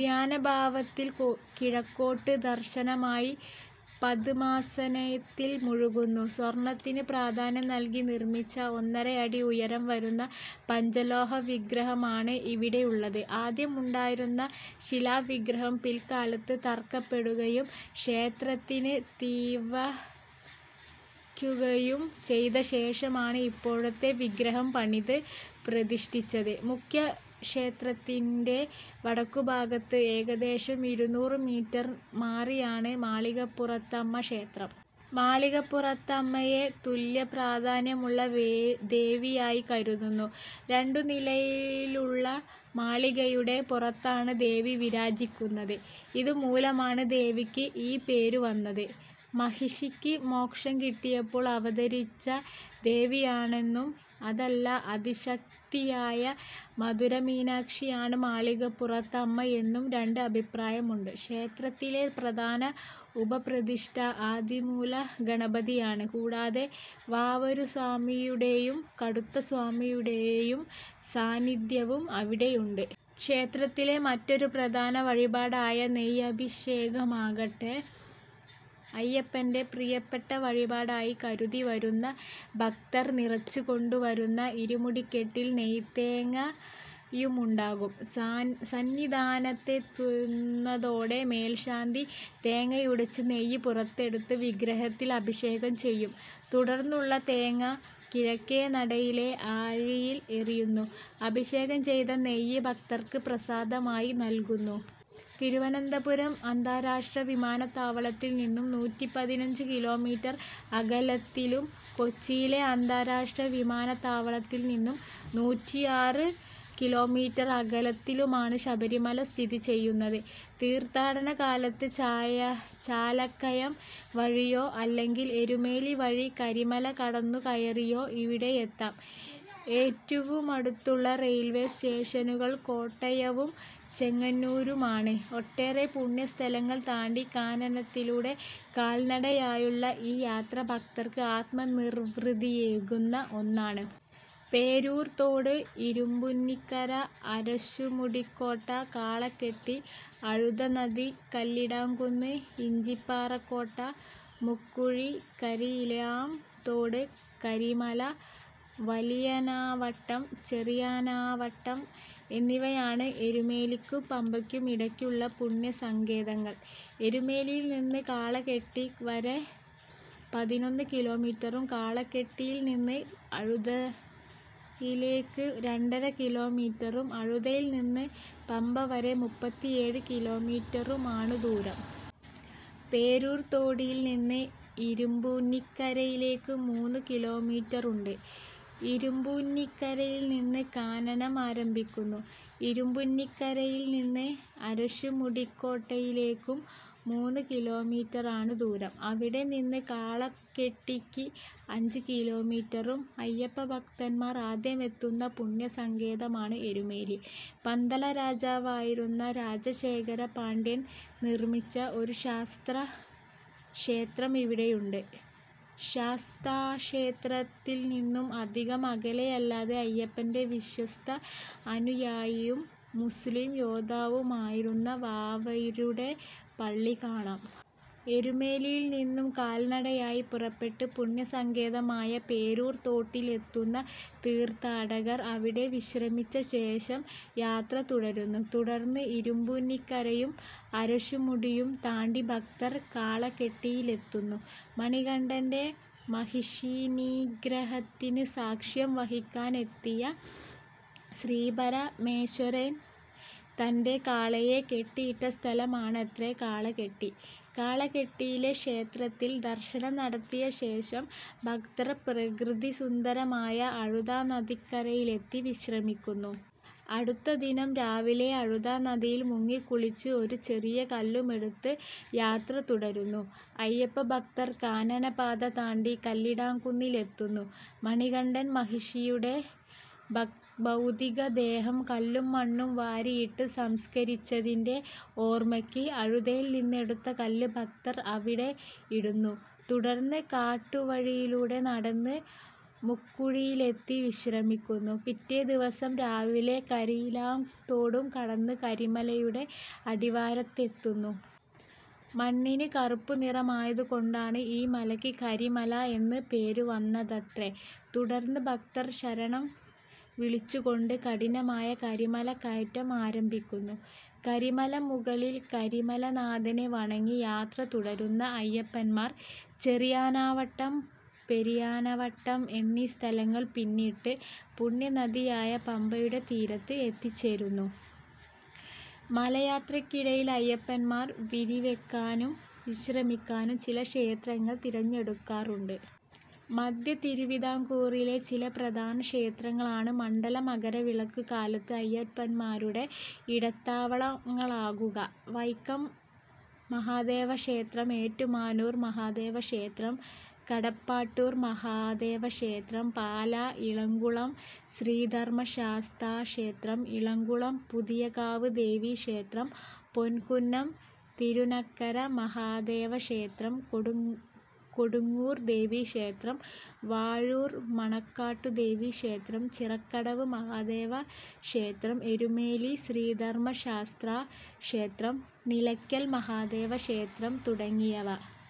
ധ്യാനഭാവത്തിൽ കിഴക്കോട്ട് ദർശനമായി പദ്മാസനത്തിൽ മുഴുകുന്നു. സ്വർണ്ണത്തിന് പ്രാധാന്യം നൽകി നിർമ്മിച്ച ഒന്നരയടി ഉയരം വരുന്ന പഞ്ചലോഹവിഗ്രഹമാണ് ഇവിടെയുള്ളത്. ആദ്യമുണ്ടായിരുന്ന ശിലാവിഗ്രഹം പിൽക്കാലത്ത് തകർക്കപ്പെടുകയും ക്ഷേത്രത്തിന് തീവയ്ക്കുകയും ചെയ്തശേഷമാണ് ഇപ്പോഴത്തെ വിഗ്രഹം പണിത് പ്രതിഷ്ഠിച്ചത്. മുഖ്യ ക്ഷേത്രത്തിന്റെ വടക്കുഭാഗത്ത് ഏകദേശം ഇരുനൂറ് മീറ്റർ മാറിയാണ് മാളികപ്പുറത്തമ്മക്ഷേത്രം. മാളികപ്പുറത്തമ്മയെ തുല്യപ്രാധാന്യമുള്ള ദേവിയായി കരുതുന്നു. രണ്ടുനിലയിലുള്ള മാളികയുടെ പുറത്താണ് ദേവി വിരാജിക്കുന്നത്. ഇതുമൂലമാണ് ദേവിക്ക് ഈ പേരുവന്നത്. മഹിഷിക്ക് മോക്ഷം കിട്ടിയപ്പോൾ അവതരിച്ച ദേവിയാണെന്നും അതല്ല ആദിശക്തിയായ മധുര മീനാക്ഷിയാണ് മാളികപ്പുറത്തമ്മയെന്നും രണ്ട് അഭിപ്രായമുണ്ട്. ക്ഷേത്രത്തിലെ പ്രധാന ഉപപ്രതിഷ്ഠ ആദിമൂല ഗണപതിയാണ്. കൂടാതെ വാവരുസ്വാമിയുടെയും കടുത്തസ്വാമിയുടെയും സാന്നിദ്ധ്യവും അവിടെയുണ്ട്. ക്ഷേത്രത്തിലെ മറ്റൊരു പ്രധാന വഴിപാടായ നെയ്യഭിഷേകമാകട്ടെ അയ്യപ്പന്റെ പ്രിയപ്പെട്ട വഴിപാടായി കരുതിവരുന്നു. ഭക്തർ നിറച്ചുകൊണ്ടുവരുന്ന ഇരുമുടിക്കെട്ടിൽ നെയ്ത്തേങ്ങയുമുണ്ടാകും. സന്നിധാനത്തെത്തുന്നതോടെ മേൽശാന്തി തേങ്ങയുടച്ച് നെയ്യ് പുറത്തെടുത്ത് വിഗ്രഹത്തിൽ അഭിഷേകം ചെയ്യും. തുടർന്നുള്ള തേങ്ങ കിഴക്കേ നടയിലെ ആഴിയിൽ എറിയുന്നു. അഭിഷേകം ചെയ്ത നെയ്യ് ഭക്തർക്ക് പ്രസാദമായി നൽകുന്നു. തിരുവനന്തപുരം അന്താരാഷ്ട്ര വിമാനത്താവളത്തിൽ നിന്നും നൂറ്റിപതിനഞ്ചു കിലോമീറ്റർ അകലത്തിലും കൊച്ചിയിലെ അന്താരാഷ്ട്ര വിമാനത്താവളത്തിൽ നിന്നും നൂറ്റിആറ് കിലോമീറ്റർ അകലത്തിലുമാണ് ശബരിമല സ്ഥിതി ചെയ്യുന്നത്. തീർത്ഥാടനകാലത്ത് ചാലക്കയം വഴിയോ അല്ലെങ്കിൽ എരുമേലി വഴി കരിമല നടന്നു കയറിയോ ഇവിടെയെത്താം. ഏറ്റവുമടുത്തുള്ള റെയിൽവേ സ്റ്റേഷനുകൾ കോട്ടയവും ചെങ്ങന്നൂരുമാണ്. ഒട്ടേറെ പുണ്യസ്ഥലങ്ങൾ താണ്ടി കാനനത്തിലൂടെ കാൽനടയായുള്ള ഈ യാത്ര ഭക്തർക്ക് ആത്മനിർവൃതിയേകുന്ന ഒന്നാണ്. പേരൂർ തോട്, ഇരുമ്പൂന്നിക്കര, അരശുമുടിക്കോട്ട, കാളകെട്ടി, അഴുതാനദി, കല്ലിടാംകുന്ന്, ഇഞ്ചിപ്പാറക്കോട്ട, മുക്കുഴി, കരിയിലാം തോട്, കരിമല, വലിയാനവട്ടം, ചെറിയാനവട്ടം എന്നിവയാണ് എരുമേലിക്കും പമ്പക്കും ഇടയ്ക്കുള്ള പുണ്യസങ്കേതങ്ങൾ. എരുമേലിയിൽ നിന്ന് കാളകെട്ടി വരെ പതിനൊന്ന് കിലോമീറ്ററും കാളകെട്ടിയിൽ നിന്ന് അഴുതയിലേയ്ക്ക് രണ്ടര കിലോമീറ്ററും അഴുതയിൽ നിന്ന് പമ്പവരെ മുപ്പത്തിഏഴ് കിലോമീറ്ററുമാണ് ദൂരം. പേരൂർ തോടിൽ നിന്ന് ഇരുമ്പൂന്നിക്കരയിലേയ്ക്ക് മൂന്നു കിലോമീറ്ററുണ്ട്. ഇരുമ്പൂന്നിക്കരയിൽ നിന്ന് കാനനം ആരംഭിക്കുന്നു. ഇരുമ്പൂന്നിക്കരയിൽ നിന്ന് അരശുമുടിക്കോട്ടയിലേക്കും മൂന്ന് കിലോമീറ്ററാണ് ദൂരം. അവിടെ നിന്ന് കാളകെട്ടിയ്ക്ക് അഞ്ച് കിലോമീറ്ററും. അയ്യപ്പഭക്തന്മാർ ആദ്യമെത്തുന്ന പുണ്യസങ്കേതമാണ് എരുമേലി. പന്തളരാജാവായിരുന്ന രാജശേഖരപാണ്ഡ്യൻ നിർമ്മിച്ച ഒരു ശാസ്താക്ഷേത്രം ഇവിടെയുണ്ട്. ശാസ്താക്ഷേത്രത്തിൽ നിന്നും അധികം അകലെയല്ലാതെ അയ്യപ്പന്റെ വിശ്വസ്ത അനുയായിയും മുസ്ലീം യോദ്ധാവുമായിരുന്ന വാവരുടെ പള്ളി കാണാം. എരുമേലിയിൽ നിന്നും കാൽനടയായി പുറപ്പെട്ട് പുണ്യസങ്കേതമായ പേരൂർ തോട്ടിലെത്തുന്ന തീർത്ഥാടകർ അവിടെ വിശ്രമിച്ചശേഷം യാത്ര തുടരുന്നു. തുടർന്ന് ഇരുമ്പൂന്നിക്കരയും അരശുമുടിയും താണ്ടി ഭക്തർ കാളകെട്ടിയിലെത്തുന്നു. മണികണ്ഠന്റെ മഹിഷീനിഗ്രഹത്തിന് സാക്ഷ്യം വഹിക്കാനെത്തിയ ശ്രീപരമേശ്വരൻ തന്റെ കാളയെ കെട്ടിയിട്ട സ്ഥലമാണത്രേ കാളകെട്ടി. കാളകെട്ടിയിലെ ക്ഷേത്രത്തിൽ ദർശനം നടത്തിയശേഷം ഭക്തർ പ്രകൃതിസുന്ദരമായ അഴുതാനദിക്കരയിലെത്തി വിശ്രമിക്കുന്നു. അടുത്തദിനം രാവിലെ അഴുതാനദിയിൽ മുങ്ങിക്കുളിച്ച് ഒരു ചെറിയ കല്ലുമെടുത്ത് യാത്ര തുടരുന്ന അയ്യപ്പഭക്തർ കാനനപാത താണ്ടി കല്ലിടാംകുന്നിലെത്തുന്നു. മണികണ്ഠൻ മഹിഷിയുടെ ഭൗതികദേഹം കല്ലും മണ്ണും വാരിയിട്ട് സംസ്ക്കരിച്ചതിന്റെ ഓർമ്മയ്ക്ക് അഴുതയിൽ നിന്നെടുത്ത കല്ല് ഭക്തർ ഇവിടെ ഇടുന്നു. തുടർന്ന് കാട്ടുവഴിയിലൂടെ നടന്ന് മുക്കുഴിയിലെത്തി വിശ്രമിക്കുന്നു. പിറ്റേദിവസം രാവിലെ കരിയിലാംതോടും കടന്ന് കരിമലയുടെ അടിവാരത്തെത്തുന്നു. മണ്ണിന് കറുപ്പുനിറമായതുകൊണ്ടാണ് ഈ മലയ്ക്ക് കരിമല എന്ന് പേരുവന്നതത്രേ. തുടർന്ന് ഭക്തർ ശരണംവിളിച്ചുകൊണ്ട് കഠിനമായ കരിമല കയറ്റം ആരംഭിക്കുന്നു. കരിമലമുകളിൽ കരിമലനാഥനെ വണങ്ങി യാത്രതുടരുന്ന അയ്യപ്പന്മാർ ചെറിയാനവട്ടം, പെരിയാനവട്ടം എന്നീ സ്ഥലങ്ങൾ പിന്നിട്ട് പുണ്യനദിയായ പമ്പയുടെ തീരത്ത് എത്തിച്ചേരുന്നു. മലയാത്രയ്ക്കിടയിൽ അയ്യപ്പന്മാർ വിരിവെക്കാനും വിശ്രമിക്കാനും ചില ക്ഷേത്രങ്ങൾ തിരഞ്ഞെടുക്കാറുണ്ട്. മധ്യതിരുവിതാംകൂറിലെ ചില പ്രധാന ക്ഷേത്രങ്ങളാണ് മണ്ഡല-മകര വിളക്കു കാലത്ത് അയ്യപ്പന്മാരുടെ ഇടത്താവളങ്ങളാകുക. വൈക്കം മഹാദേവക്ഷേത്രം, ഏറ്റുമാനൂർ മഹാദേവക്ഷേത്രം, കടപ്പാട്ടൂർ മഹാദേവക്ഷേത്രം, പാല, ഇളംകുളം ശ്രീ ധർമ്മ ശാസ്താക്ഷേത്രം, ഇളംകുളം, പുതിയകാവ് ദേവി ക്ഷേത്രം, പൊൻകുന്നം, തിരുനക്കര മഹാദേവ ക്ഷേത്രം, കൊടുങ്ങുർ ദേവി ക്ഷേത്രം, വാഴൂർ, മണകാട്ടു ദേവി ക്ഷേത്രം, ചിറക്കടവ് മഹാദേവ ക്ഷേത്രം, എരുമേലി ശ്രീ ധർമ്മശാസ്താ ക്ഷേത്രം, നിലയ്ക്കൽ മഹാദേവ ക്ഷേത്രം തുടങ്ങിയവ.